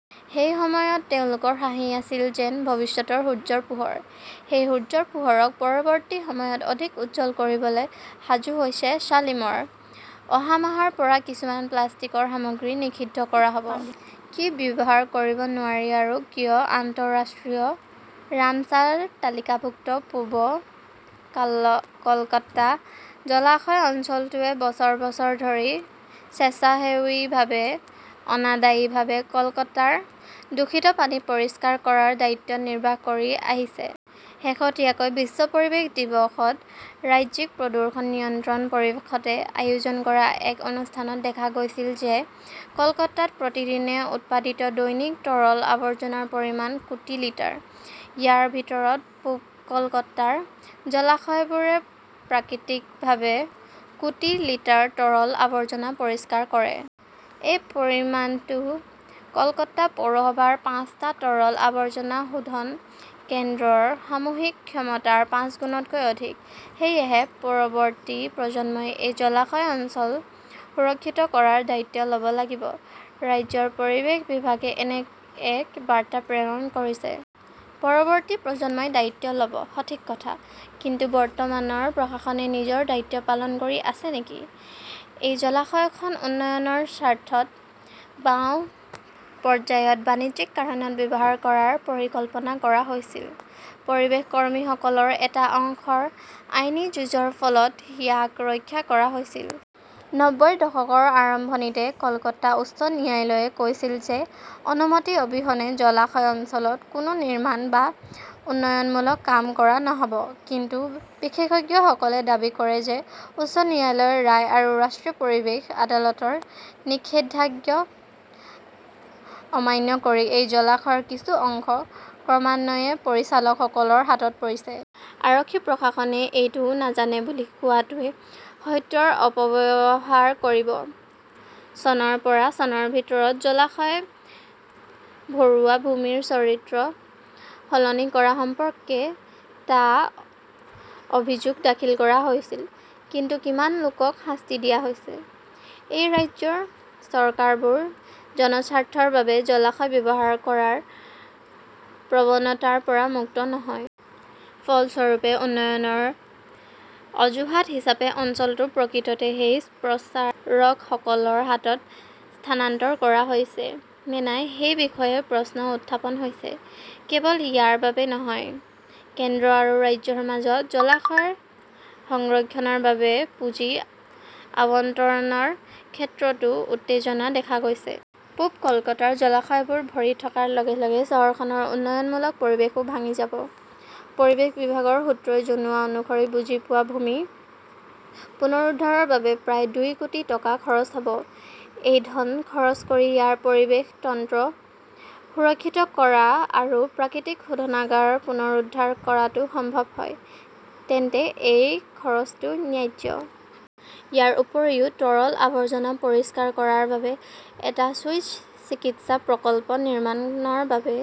সেই সময়ত তেওঁলোকৰ হাঁহি আছিল যেন ভৱিষ্যতৰ সূৰ্যৰ পোহৰ। সেই সূৰ্যৰ পোহৰক পৰৱৰ্তী সময়ত অধিক উজ্জ্বল কৰিবলৈ সাজু হৈছে শালিমৰ। অহা মাহৰ পৰা কিছুমান প্লাষ্টিকৰ সামগ্ৰী নিষিদ্ধ কৰা হ "ব! কি ব্যৱহাৰ কৰিব নোৱাৰি আৰু কিয় আন্তঃৰাষ্ট্ৰীয় 'ৰামছাৰ তালিকাভুক্ত "পূব কলকাতা জলাশয় অঞ্চলটোৱে বছৰ বছৰ ধৰি স্বেচ্ছাসেৱীভাৱে অনাদায়ীভাৱে কলকাতাৰ দূষিত পানী পৰিষ্কাৰ কৰাৰ দায়িত্ব নিৰ্বাহ কৰি আহিছে। শেহতীয়াকৈ বিশ্ব পৰিৱেশ দিৱসত ৰাজ্যিক প্ৰদূষণ নিয়ন্ত্ৰণ পৰিষদে আয়োজন কৰা এক অনুষ্ঠানত দেখা গৈছিল যে কলকাতাত প্ৰতিদিনে উৎপাদিত দৈনিক তৰল আৱৰ্জনাৰ পৰিমাণ কোটি লিটাৰ। ইয়াৰ ভিতৰত পূব কলকাতাৰ জলাশয়বোৰে প্ৰাকৃতিকভাৱে কোটি লিটাৰ তৰল আৱৰ্জনা পৰিষ্কাৰ কৰে। এই পৰিমাণটো কলকাতা পৌৰসভাৰ পাঁচটা তৰল আৱৰ্জনা শোধন কেন্দ্ৰৰ সামূহিক ক্ষমতাৰ পাঁচগুণতকৈও অধিক। সেয়েহে, পৰৱৰ্তী প্ৰজন্মই এই জলাশয় অঞ্চল সুৰক্ষিত কৰাৰ দায়িত্ব ল "ব লাগিব, ৰাজ্যৰ পৰিৱেশ বিভাগে এনে এক বাৰ্তা প্ৰেৰণ কৰিছে। পৰৱৰ্তী প্ৰজন্মই দায়িত্ব ল "ব, সঠিক কথা। কিন্তু, বৰ্তমানৰ প্ৰশাসনে নিজৰ দায়িত্ব পালন কৰি আছে নেকি? এই জলাশয়খন 'উন্নয়নৰ স্বাৰ্থত "বাওঁ পৰ্যায়ত বাণিজ্যিক কাৰণত ব্যৱহাৰ কৰাৰ পৰিকল্পনা কৰা হৈছিল। পৰিৱেশ কৰ্মীসকলৰ এটা অংশৰ আইনী যুঁজৰ ফলত ইয়াক ৰক্ষা কৰা হৈছিল। নব্বৈৰ দশকৰ আৰম্ভণিতে কলকাতা উচ্চ ন্যায়ালয়ে কৈছিল যে অনুমতি অবিহনে জলাশয় অঞ্চলত কোনো নিৰ্মাণ বা উন্নয়নমূলক কাম কৰা নহ 'ব। কিন্তু বিশেষজ্ঞসকলে দাবী কৰে যে উচ্চ ন্যায়ালয়ৰ ৰায় আৰু ৰাষ্ট্ৰীয় পৰিৱেশ আদালতৰ নিষেধাজ্ঞা অমান্য কৰি এই জলাশয়ৰ কিছু অংশ ক্ৰমান্বয়ে প্ৰচাৰকসকলৰ হাতত পৰিছে। আৰক্ষী-প্ৰশাসনে এইটো নাজানে বুলি কোৱাটোৱে সত্যৰ অপব্যৱহাৰ কৰিব। চনৰ পৰা চনৰ ভিতৰত জলাশয় ভৰোৱা, ভূমিৰ চৰিত্ৰ সলনি কৰা সম্পৰ্কে টা অভিযোগ দাখিল কৰা হৈছিল। কিন্তু কিমান লোকক শাস্তি দিয়া হৈছে? এই ৰাজ্য চৰকাৰো 'জনস্বাৰ্থৰ বাবে জলাশয় ব্যৱহাৰ "কৰাৰ প্ৰৱণতাৰ পৰা মুক্ত নহয়। ফলস্বৰূপে, উন্নয়নৰ অজুহাত হিচাপে অঞ্চলটো প্ৰকৃততে সেই প্ৰচাৰকসকলৰ হাতত হস্তান্তৰ কৰা হৈছে নে নাই সেই বিষয়েও প্ৰশ্ন উত্থাপন হৈছে। কেৱল ইয়াৰ বাবেই নহয়, কেন্দ্ৰ আৰু ৰাজ্যৰ মাজত জলাশয় সংৰক্ষণৰ বাবে পুঁজি আবণ্টনৰ ক্ষেত্ৰতো উত্তেজনা দেখা গৈছে। পূব কলকাতাৰ জলাশয়বোৰ ভৰি থকাৰ লগে লগে চহৰখনৰ উন্নয়নমূলক পৰিৱেশও ভাঙি যাব। পৰিৱেশ বিভাগৰ সূত্ৰই জনোৱা অনুসৰি বুজি পোৱা ভূমি পুনৰুদ্ধাৰৰ বাবে প্ৰায় দুই কোটি টকা খৰচ হ "ব। যদি এই ধন খৰচ কৰি ইয়াৰ পৰিৱেশ তন্ত্ৰ সুৰক্ষিত কৰা আৰু প্ৰাকৃতিক শোধনাগাৰ পুনৰুদ্ধাৰ কৰাটো সম্ভৱ হয়, তেন্তে এই খৰচটো ন্যায্য। ইয়াৰ উপৰিও, তৰল আৱৰ্জনা পৰিষ্কাৰ কৰাৰ বাবে এটা চুইচ চিকিৎসা প্ৰকল্প নিৰ্মাণৰ বাবে